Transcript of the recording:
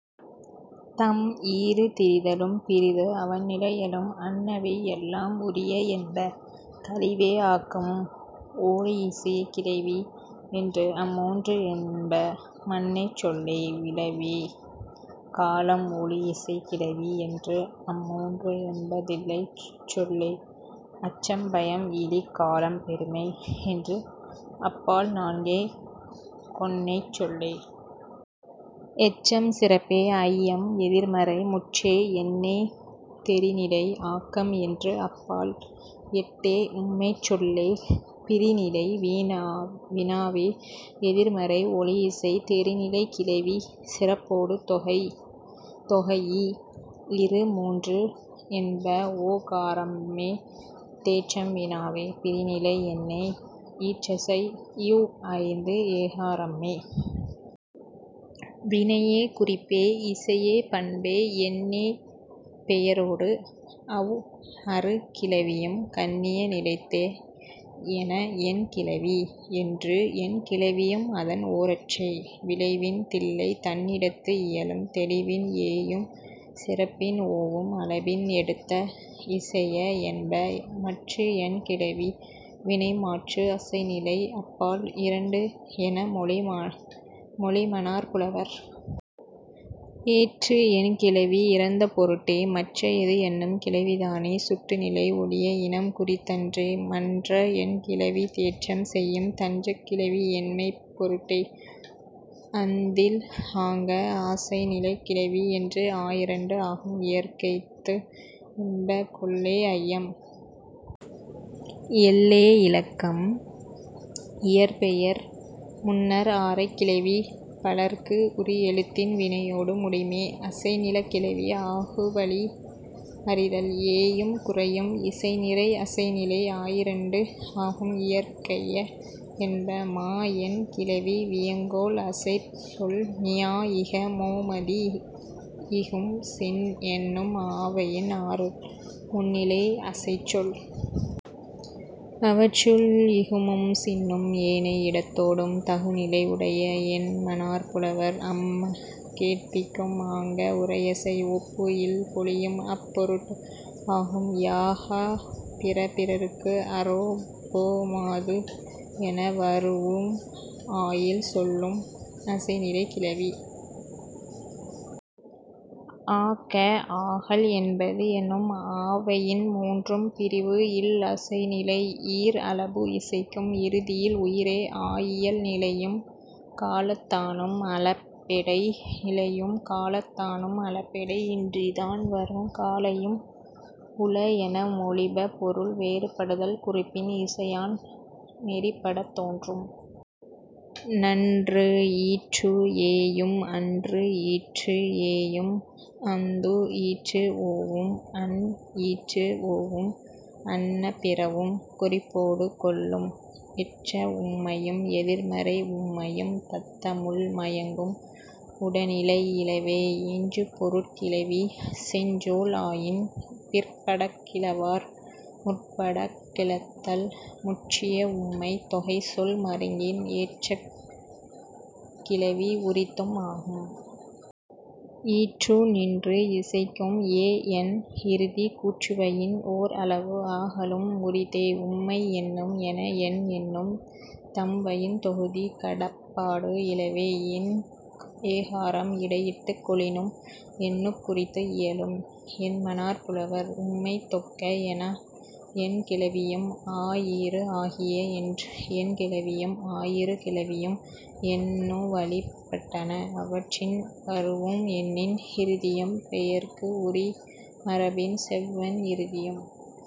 தம் ஈறு திரிதலும் பிறிது அவண் நிலையலும் அன்னவை எல்லாம் உரிய என்ப. கழிவே ஆக்கம் ஒழியிசைக் கிளவி என்று அம் மூன்று என்ப மன்னைச் சொல்லே. விழைவே காலம் ஒழியிசைக் கிளவி என்று அம் மூன்று என்ப தில்லைச் சொல்லே. அச்சம் பயம் இலி காலம் பெருமை என்று அப் பால் நான்கே கொன்னைச் சொல்லே. எச்சம் சிறப்பே ஐயம் எதிர்மறை முற்றே எண்ணே தெரிநிலை ஆக்கம் என்று அப் பால் எட்டே உம்மைச் சொல்லே. பிரிநிலை வினாவே எதிர்மறை ஒழியிசை தெரிநிலைக் கிளவி சிறப்பொடு தொகைஇ இரு மூன்று என்ப ஓகாரம்மே. தேற்றம் வினாவே பிரிநிலை எண்ணே ஈற்றசை இவ் ஐந்து ஏகாரம்மே. வினையே குறிப்பே இசையே பண்பே எண்ணே பெயரொடு அவ் அறு கிளவியும் கண்ணிய நிலைத்தே என என் கிளவி. என்று என் கிளவியும் அதன் ஓரற்றே. விழைவின் தில்லை தன்னிடத்து இயலும். தெளிவின் ஏயும் சிறப்பின் ஓவும் அளபின் எடுத்த இசைய என்ப. மற்று என் கிளவி வினைமாற்று அசைநிலை அப் பால் இரண்டு என மொழிமனார் புலவர். எற்று என் கிளவி இறந்த பொருட்டே. மற்றையது என்னும் கிளவிதானே சுட்டு நிலை ஒழிய இனம் குறித்தன்றே. மன்ற என் கிளவி தேற்றம் செய்யும். தஞ்சக் கிளவி எண்மைப் பொருட்டே. அந்தில் ஆங்க ஆசைநிலைக் கிளவி என்று ஆயிரண்டு ஆகும் இயற்கைத்து என்ப. கொல்லே ஐயம். எல்லே இலக்கம். இயற்பெயர் முன்னர் ஆரைக் கிளவி பலர்க்கு உரி எழுத்தின் வினையொடு முடிமே. அசைநிலைக் கிளவி ஆகு வழி அறிதல். ஏயும் குரையும் இசைநிறை அசைநிலை ஆயிரண்டு ஆகும் இயற்கைய என்ப. மா என் கிளவி வியங்கோள் அசைச்சொல். மியா இக மோ மதி இகும் சின் என்னும் ஆவயின் ஆறும் முன்னிலை அசைச்சொல். அவற்றுள், இகுமும் சின்னும் ஏனை இடத்தொடும் தகு நிலை உடைய என்மனார் புலவர். அம்ம கேட்பிக்கும். ஆங்க உரையசை. ஒப்பு இல் போலியும் அப் பொருட்டு ஆகும். யா கா பிற பிறக்கு அரோ போ மாது என வரூஉம் ஆயேழ் சொல்லும் அசைநிலைக் கிளவி. ஆக ஆகல் என்பது என்னும் ஆவயின் மூன்றும் பிரிவு இல் அசைநிலை. ஈர் அளபு இசைக்கும் இறுதியில் உயிரே ஆயியல் நிலையும் காலத்தானும் அளபெடை நிலையும் காலத்தானும் அளபெடை இன்றித் தான் வரும் காலையும் உள என மொழிப பொருள் வேறுபடுதல் குறிப்பின் இசையான் நெறிப்படத் தோன்றும். நன்று ஈற்று ஏயும் அன்று ஈற்று ஏயும் அந்து ஈற்று ஓவும் அன் ஈற்று ஓவும் அன்ன பிறவும் குறிப்பொடு கொள்ளும். எச்ச உம்மையும் எதிர்மறை உம்மையும் தத்தமுள் மயங்கும் உடனிலை இலவே. எஞ்சுபொருட் கிளவி செஞ்சொல் ஆயின் பிற்படக் கிளவார் முற்படக் கிளத்தல். முற்றிய உம்மைத் தொகைச்சொல் மருங்கின் எச்சக் கிளவி உரித்தும் ஆகும். ஈற்று நின்று இசைக்கும் ஏ என் இறுதி கூற்றுவயின் ஒர் அளபு ஆகலும் உரித்தே. உம்மை எண்ணும் என என் எண்ணும் தம்வயின் தொகுதி கடப்பாடு இலவே. எண் ஏகாரம் இடையிட்டுக் கொளினும் எண்ணுக் குறித்து இயலும் என்மனார் புலவர். உம்மை தொக்க எனா என் கிளவியும் ஆ ஈறு ஆகிய என்று என் கிளவியும் ஆயிரு கிளவியும் எண்ணுவழிப் பட்டன. அவற்றின் வரூஉம் எண்ணின் இறுதியும் பெயர்க்கு உரி மரபின் செவ்வெண் இறுதியும்